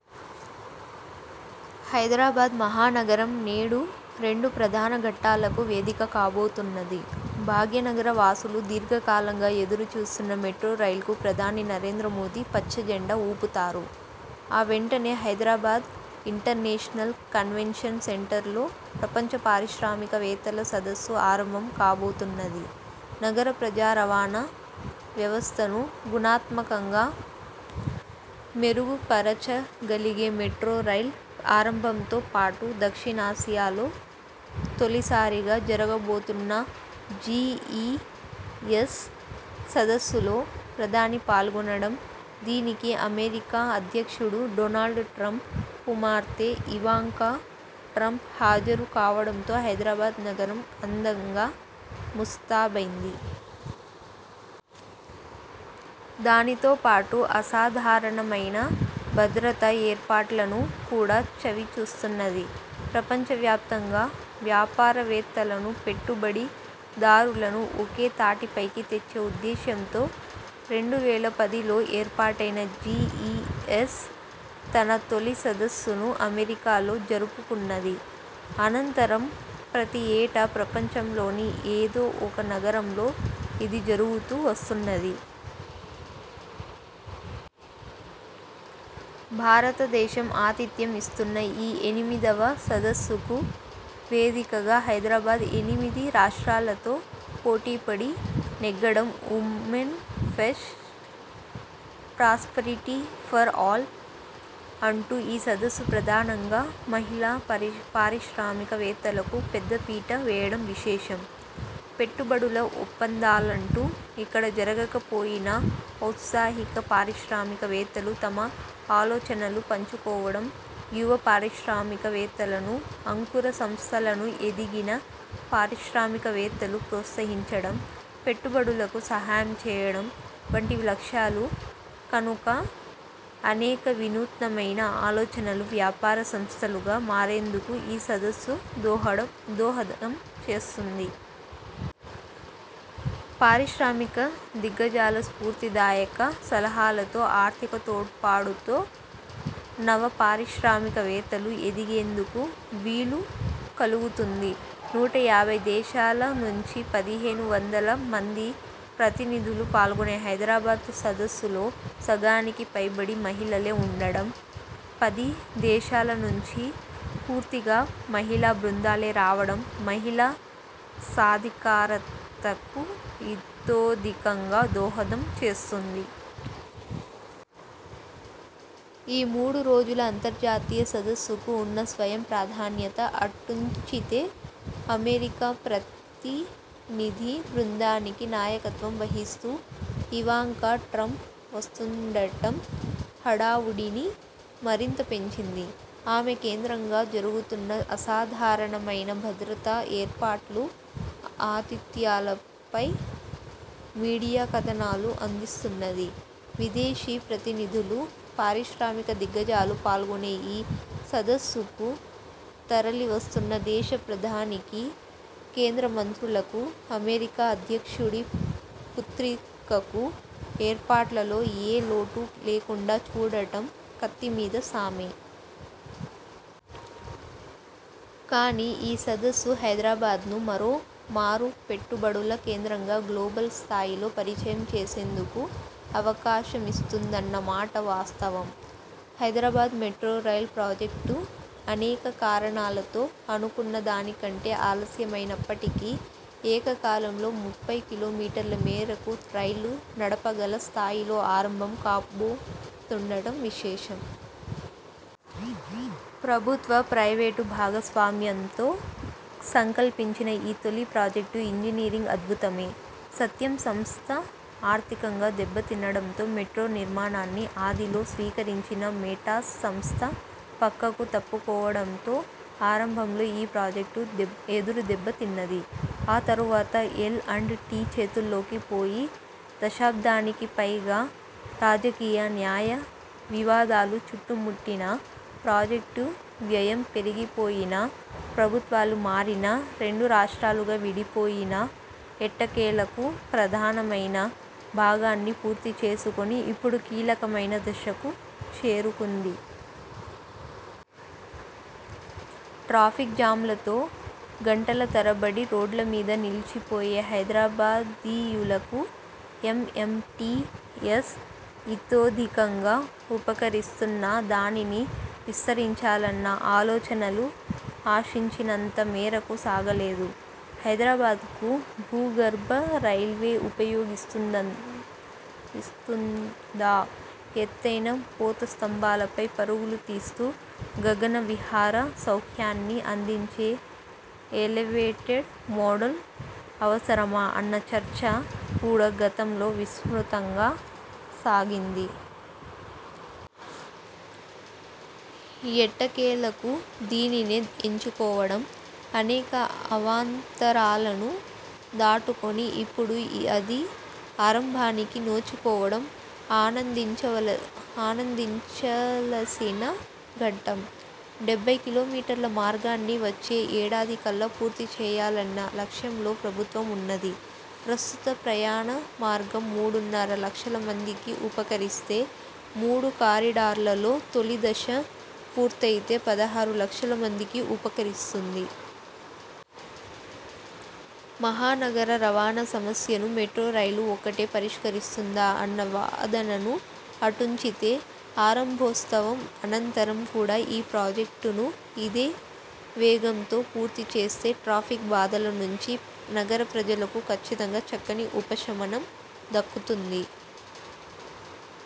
హైదరాబాద్ మహానగరం నేడు రెండు ప్రధాన ఘట్టాలకు వేదిక కాబోతున్నది. భాగ్యనగర వాసులు దీర్ఘకాలంగా ఎదురుచూస్తున్న మెట్రో రైల్కు ప్రధాని నరేంద్రమోదీ పచ్చజెండా ఊపుతారు. ఆ వెంటనే హైదరాబాద్ ఇంటర్నేషనల్ కన్వెన్షన్ సెంటర్లో ప్రపంచ పారిశ్రామిక వేత్తల సదస్సు ఆరంభం కాబోతున్నది. నగర ప్రజారవాణా వ్యవస్థను గుణాత్మకంగా మెరుగు పరచగలిగే మెట్రో రైల్ ఆరంభంతో పాటు, దక్షిణాసియాలో తొలిసారిగా జరగబోతున్న జీ ఈ ఎస్ సదస్సులో ప్రధాని పాల్గొనడం, దీనికి అమెరికా అధ్యక్షుడు డొనాల్డ్ ట్రంప్ కుమార్తె ఇవాంకా ట్రంప్ హాజరు కావడంతో హైదరాబాద్ నగరం అందంగా ముస్తాబైంది. దానితో పాటు అసాధారణమైన భద్రతా ఏర్పాట్లను కూడా చవిచూస్తున్నది. ప్రపంచ వ్యాప్తంగా వ్యాపారవేత్తలను, పెట్టుబడి దారులను ఒకే తాటిపైకి తెచ్చే ఉద్దేశంతో రెండు వేల పదిలో ఏర్పాటైన జీ ఈ ఎస్ తన తొలి సదస్సును అమెరికాలో జరుపుకున్నది. అనంతరం ప్రతి ఏటా ప్రపంచంలోని ఏదో ఒక నగరంలో ఇది జరుగుతూ వస్తున్నది. భారతదేశం ఆతిథ్యం ఇస్తున్న ఈ ఎనిమిదివ సదస్సుకు వేదికగా హైదరాబాద్ ఎనిమిది రాష్ట్రాలతో పోటీపడి నెగ్గడం, 'women first, prosperity for all' అంటూ ఈ సదస్సు ప్రధానంగా మహిళా పారిశ్రామిక వేత్తలకు పెద్ద పీట వేయడం విశేషం. పెట్టుబడుల ఒప్పందాలంటూ ఇక్కడ జరగక పోయినా, ఔత్సాహిక పారిశ్రామిక వేత్తలు తమ ఆలోచనలు పంచుకోవడం, యువ పారిశ్రామిక వేత్తలను, అంకుర సంస్థలను ఎదిగిన పారిశ్రామిక వేత్తలు ప్రోత్సహించడం, పెట్టుబడులకు సహాయం చేయడం వంటివి లక్ష్యాలు కనుక అనేక వినూత్నమైన ఆలోచనలు వ్యాపార సంస్థలుగా మారేందుకు ఈ సదస్సు దోహదం చేస్తుంది. పారిశ్రామిక దిగ్గజాల స్ఫూర్తిదాయక సలహాలతో, ఆర్థిక తోడ్పాటుతో నవపారిశ్రామిక వేత్తలు ఎదిగేందుకు వీలుకలుగుతుంది. నూట యాభై దేశాల నుంచి పదిహేను వందల మంది ప్రతినిధులు పాల్గొనే హైదరాబాద్ సదస్సులో సగానికి పైబడి మహిళలే ఉండటం, పదిదేశాల నుంచి పూర్తిగా మహిళా బృందాలే రావడం మహిళా సాధికారతకు ఇతోధికంగా దోహదం చేస్తుంది. ఈ మూడు రోజుల అంతర్జాతీయ సదస్సుకు ఉన్న స్వయం ప్రాధాన్యత అటుంచితే, అమెరికా ప్రతినిధి బృందానికి నాయకత్వం వహిస్తూ ఇవాంకా ట్రంప్ వస్తుండటం హడావుడిని మరింత పెంచింది. ఆమె కేంద్రంగా జరుగుతున్న అసాధారణమైన భద్రతా ఏర్పాట్లు, ఆతిథ్యాలపై మీడియా కథనాలు అందిస్తున్నది. విదేశీ ప్రతినిధులు, పారిశ్రామిక దిగ్గజాలు పాల్గొనే ఈ సదస్సుకూ, తరలివస్తున్న దేశ ప్రధానికీ, కేంద్ర మంత్రులకూ, అమెరికా అధ్యక్షుడి పుత్రికకూ ఏర్పాట్లలో ఏ లోటూ లేకుండా చూడటం కత్తి మీద సామే. కానీ, ఈ సదస్సు హైదరాబాద్ను మరో మారు పెట్టుబడుల కేంద్రంగా గ్లోబల్ స్థాయిలో పరిచయం చేసేందుకు అవకాశమిస్తుందన్న మాట వాస్తవం. హైదరాబాద్ మెట్రో రైల్ ప్రాజెక్టు అనేక కారణాలతో అనుకున్న దానికంటే ఆలస్యమైనప్పటికీ, ఏకకాలంలో ముప్పై కిలోమీటర్ల మేరకు రైళ్ళు నడపగల స్థాయిలో ఆరంభం కాబోతుండటం విశేషం. ప్రభుత్వ, ప్రైవేటు భాగస్వామ్యంతో సంకల్పించిన ఈ తొలి ప్రాజెక్టు ఇంజనీరింగ్ అద్భుతమే. సత్యం సంస్థ ఆర్థికంగా దెబ్బ తినడంతో మెట్రో నిర్మాణాన్ని ఆదిలో స్వీకరించిన మేటాస్ సంస్థ పక్కకు తప్పుకోవడంతో ఆరంభంలో ఈ ప్రాజెక్టు ఎదురుదెబ్బ తిన్నది. ఆ తరువాత ఎల్ అండ్ టీ చేతుల్లోకి పోయి, దశాబ్దానికిపైగా రాజకీయ, న్యాయ వివాదాలు చుట్టుముట్టినా, ప్రాజెక్టు వ్యయం పెరిగిపోయినా, ప్రభుత్వాలు మారినా, రెండు రాష్ట్రాలుగా విడిపోయినా ఎట్టకేలకు ప్రధానమైన భాగాన్ని పూర్తిచేసుకొని ఇప్పుడు కీలకమైన దశకు చేరుకుంది. ట్రాఫిక్ జామ్లతో గంటల తరబడి రోడ్లమీద నిలిచిపోయే హైదరాబాదీయులకు ఎం ఎం టీ ఎస్ ఇతోధికంగా ఉపకరిస్తున్నా, దానిని విస్తరించాలన్న ఆలోచనలు ఆశించినంత మేరకు సాగలేదు. హైదరాబాద్కు భూగర్భ రైల్వే ఉపయోగిస్తుందా, ఎత్తైన పోతస్తంభాలపై పరుగులు తీస్తూ గగనవిహార సౌఖ్యాన్ని అందించే ఎలెవేటెడ్ మోడల్ అవసరమా అన్న చర్చ కూడా గతంలో విస్తృతంగా సాగింది. ఎట్టకేలకు దీనినే ఎంచుకోవడం, అనేక అవాంతరాలను దాటుకొని ఇప్పుడు అది ఆరంభానికి నోచుకోవడం ఆనందించలసిన ఘట్టం. డెబ్బై కిలోమీటర్ల మార్గాన్నీ వచ్చే ఏడాదికల్లా పూర్తి చేయాలన్న లక్ష్యంలో ప్రభుత్వం ఉన్నది. ప్రస్తుత ప్రయాణ మార్గం మూడున్నర లక్షల మందికి ఉపకరిస్తే, మూడు కారిడార్లలో తొలిదశ పూర్తయితే పదహారు లక్షల మందికి ఉపకరిస్తుంది. మహానగర రవాణా సమస్యను మెట్రో రైలు ఒక్కటే పరిష్కరిస్తుందా అన్న వాదనను అటుంచితే, ఆరంభోత్సవం అనంతరం కూడా ఈ ప్రాజెక్టును ఇదే వేగంతో పూర్తి చేస్తే ట్రాఫిక్ బాధల నుంచి నగర ప్రజలకు కచ్చితంగా చక్కని ఉపశమనం దక్కుతుంది.